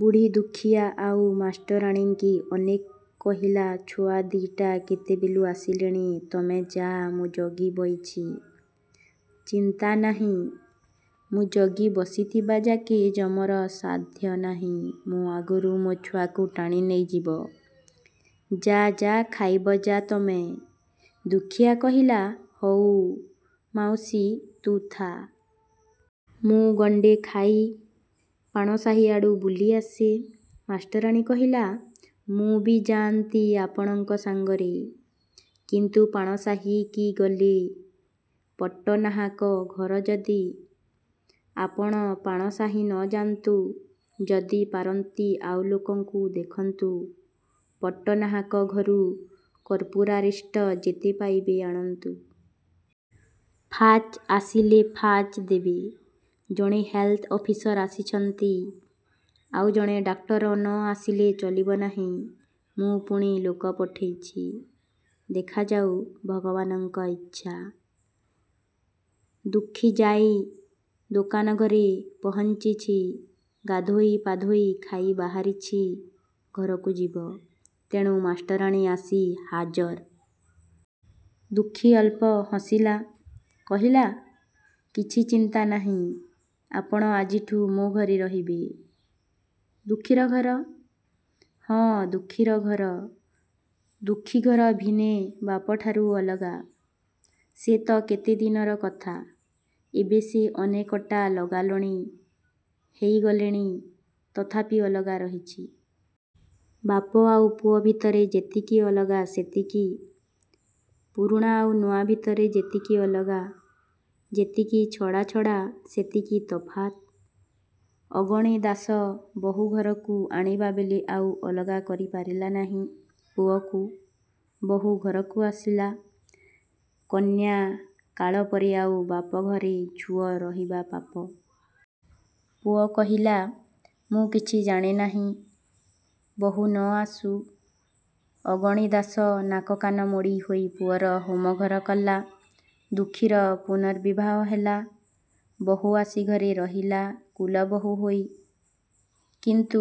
ବୁଢ଼ୀ ଦୁଃଖୀଆ ଆଉ ମାଷ୍ଟରାଣୀଙ୍କି ଅନେକ କହିଲା–ଛୁଆ ଦି'ଟା କେତେବେଳୁ ଆସିଲେଣି–ତମେ ଯା–ମୁଁ ଜଗି ବଇଚି। ଚିନ୍ତା ନାହିଁ। ମୁଁ ଜଗି ବସିଥିବାଯାକେ ଯମର ସାଧ୍ୟ ନାହିଁ ମୋ ଆଗରୁ ମୋ ଛୁଆକୁ ଟାଣି ନେଇଯିବ। ଯା–ଯା–ଖାଇବ ଯା ତମେ! ଦୁଃଖୀଆ କହିଲା–''ହଉ ମାଉସୀ, ତୁ ଥା। ମୁଁ ଗଣ୍ଡେ ଖାଇ, ପାଣ ସାହି ଆଡ଼ୁ, ବୁଲି ଆସେ। '' ମାଷ୍ଟରାଣୀ କହିଲା–''ମୁଁ ବି ଯାଆନ୍ତି ଆପଣଙ୍କ ସାଙ୍ଗରେ। କିନ୍ତୁ ପାଣ ସାହି କି ଗଲେ। ପଟ୍ଟନାହାକ ଘର ଯଦି–'' ''ଆପଣ ପାଣ ସାହି ନ ଯାନ୍ତୁ–ଯଦି ପାରନ୍ତି ଆଉ ଲୋକଙ୍କୁ ଦେଖନ୍ତୁ। ପଟ୍ଟନାହାକ ଘରୁ କର୍ପୂରାରିଷ୍ଟ ଯେତେ ପାଇବେ ଆଣନ୍ତୁ। ଫାଜ୍ ଆସିଲେ ଫାଜ୍ ଦେବେ। ଜଣେ ହେଲ୍ଥ ଅଫିସର ଆସିଛନ୍ତି। ଆଉ ଜଣେ ଡାକ୍ତର ନ ଆସିଲେ ଚଳିବ ନାହିଁ। ମୁଁ ପୁଣି ଲୋକ ପଠେଇଛି। ଦେଖାଯାଉ–ଭଗବାନ୍ଙ୍କ ଇଚ୍ଛା। '' ଦୁଃଖୀ ଯାଇଁ ଦୋକାନ ଘରେ ପହଞ୍ଚିଛି। ଗାଧୋଇ ପାଧୋଇ ଖାଇ ବାହାରିଛି–ଘରକୁ ଯିବ। ତେଣୁ ମାଷ୍ଟରାଣୀ ଆସି ହାଜର। '' ଦୁଃଖୀ ଅଳ୍ପ ହସିଲା। କହିଲା–''କିଛି ଚିନ୍ତା ନାହିଁ–ଆପଣ ଆଜିଠୁ ମୋ ଘରେ ରହିବେ-। '' ଦୁଃଖୀର ଘର? ହଁ ଦୁଃଖୀର ଘର। ଦୁଃଖୀ ଘର ଭିନେ–ବାପ ଠାରୁ ଅଲଗା। ସେ ତ କେତେ ଦିନର କଥା। ଏବେ ସେ ଅନେକଟା ଲଗାଲଗି ହେଇଗଲେଣି। ତଥାପି ଅଲଗା ରହିଛି। ବାପ ଆଉ ପୁଅ ଭିତରେ ଯେତିକି ଲଗା ସେତିକି। ପୁରୁଣା ଆଉ ନୂଆ ଭିତରେ ଯେତିକି ଅଲଗା, ଯେତିକି ଛଡ଼ାଛଡ଼ା ସେତିକି ତଫାତ। ଅଗଣିଦାଶ ବହୂ ଘରକୁ ଆଣିବାବେଳେ ଆଉ ଅଲଗା କରି ପାରିଲା ନାହିଁ ପୁଅକୁ। ବହୂ ଘରକୁ ଆସିଲା। କନ୍ୟା କାଳପରେ ଆଉ ବାପଘରେ ଝୁଅ ରହିବା ପାପ। ପୁଅ କହିଲା, ମୁଁ କିଛି ଜାଣେ ନାହିଁ। ବହୂ ନ ଆସୁ। ଅଗଣିଦାସ ନାକକାନ ମୋଡ଼ି ହୋଇ ପୁଅର ହୋମଘର କଲା-। ଦୁଃଖୀର ପୁନର୍ବିବାହ ହେଲା। ବହୂ ଆସି ଘରେ ରହିଲା–କୁଳବହୂ ହେଇ। କିନ୍ତୁ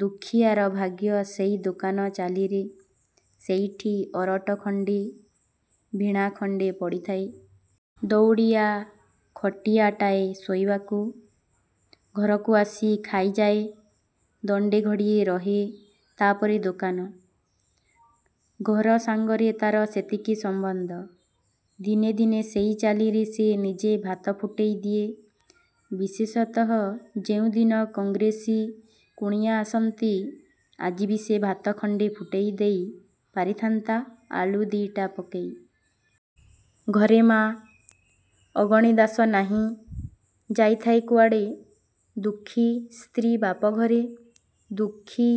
ଦୁଃଖୀଆର ଭାଗ୍ୟ ସେଇ ଦୋକାନ ଚାଳିରେ। ସେଇଠି ଅରଟ ଖଣ୍ଡେ, ଭିଣା ଖଣ୍ଡେ ପଡ଼ିଥାଏ। ଦଉଡ଼ିଆ ଖଟିଆଟାଏ ଶୋଇବାକୁ। ଘରକୁ ଆସି ଖାଇଯାଏ। ଦଣ୍ଡେ ଘଡ଼ିଏ ରହେ। ତା'ପରେ ଦୋକାନ-। ଘର ସାଙ୍ଗରେ ତା'ର ସେତିକି ସମ୍ବନ୍ଧ। ଦିନେ ଦିନେ ସେଇ ଚାଳିରେ ସେ ନିଜେ ଭାତ ଫୁଟେଇ ଦିଏ, ବିଶେଷତଃ ଯେଉଁଦିନ କଂଗ୍ରେସୀ କୁଣିଆ ଆସନ୍ତି। ଆଜିବି ସେ ଭାତ ଗଣ୍ଡେ ଫୁଟେଇ ଦେଇ ପାରିଥାନ୍ତା–ଆଳୁ ଦିଟା ପକେଇ। ଘରେ ମା। ଅଗଣି ଦାଶ ନାହିଁ–ଯାଇଥାଏ କୁଆଡ଼େ। ଦୁଃଖୀ ସ୍ତ୍ରୀ ବାପଘରେ। ଦୁଃଖୀ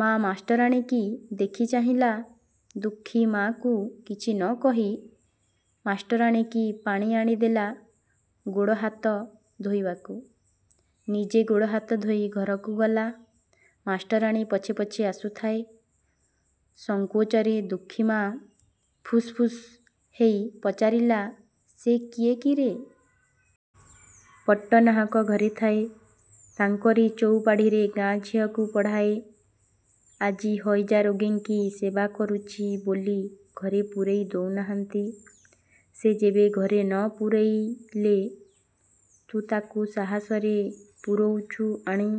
ମା ମାଷ୍ଟରାଣୀକି ଦେଖି ଚାହିଁଲା। ଦୁଃଖୀ ମାକୁ କିଛି ନ କହି ମାଷ୍ଟରାଣୀକି ପାଣି ଆଣିଦେଲା ଗୋଡ଼ ହାତ ଧୋଇବାକୁ। ନିଜେ ଗୋଡ଼ହାତ ଧୋଇ ଘରକୁ ଗଲା। ମାଷ୍ଟରାଣୀ ପଛେ ପଛେ ଆସୁଥାଏ–ସଙ୍କୋଚରେ, ଦୁଃଖୀ ମା ଫୁସ ଫୁସ ହେଇ ପଚାରିଲା–''ସେ କିଏ କିରେ? ପଟ୍ଟନାହାକ ଘରେ ଥାଏ। ତାଙ୍କରି ଚଉପାଢ଼ିରେ ଗାଁ ଝିଅଙ୍କୁ ପଢ଼ାଏ। ଆଜି ହଇଜାରୋଗୀଙ୍କି ସେବା କରୁଚି ବୋଲି ଘରେ ପୂରେଇ ଦଉ ନାହାନ୍ତି। '' ''ସେ ଯେବେ ଘରେ ନ ପୂରେଇଲେ, ତୁ କୁ ସାହସରେ ପୂରୋଉଚୁ ଆଣି?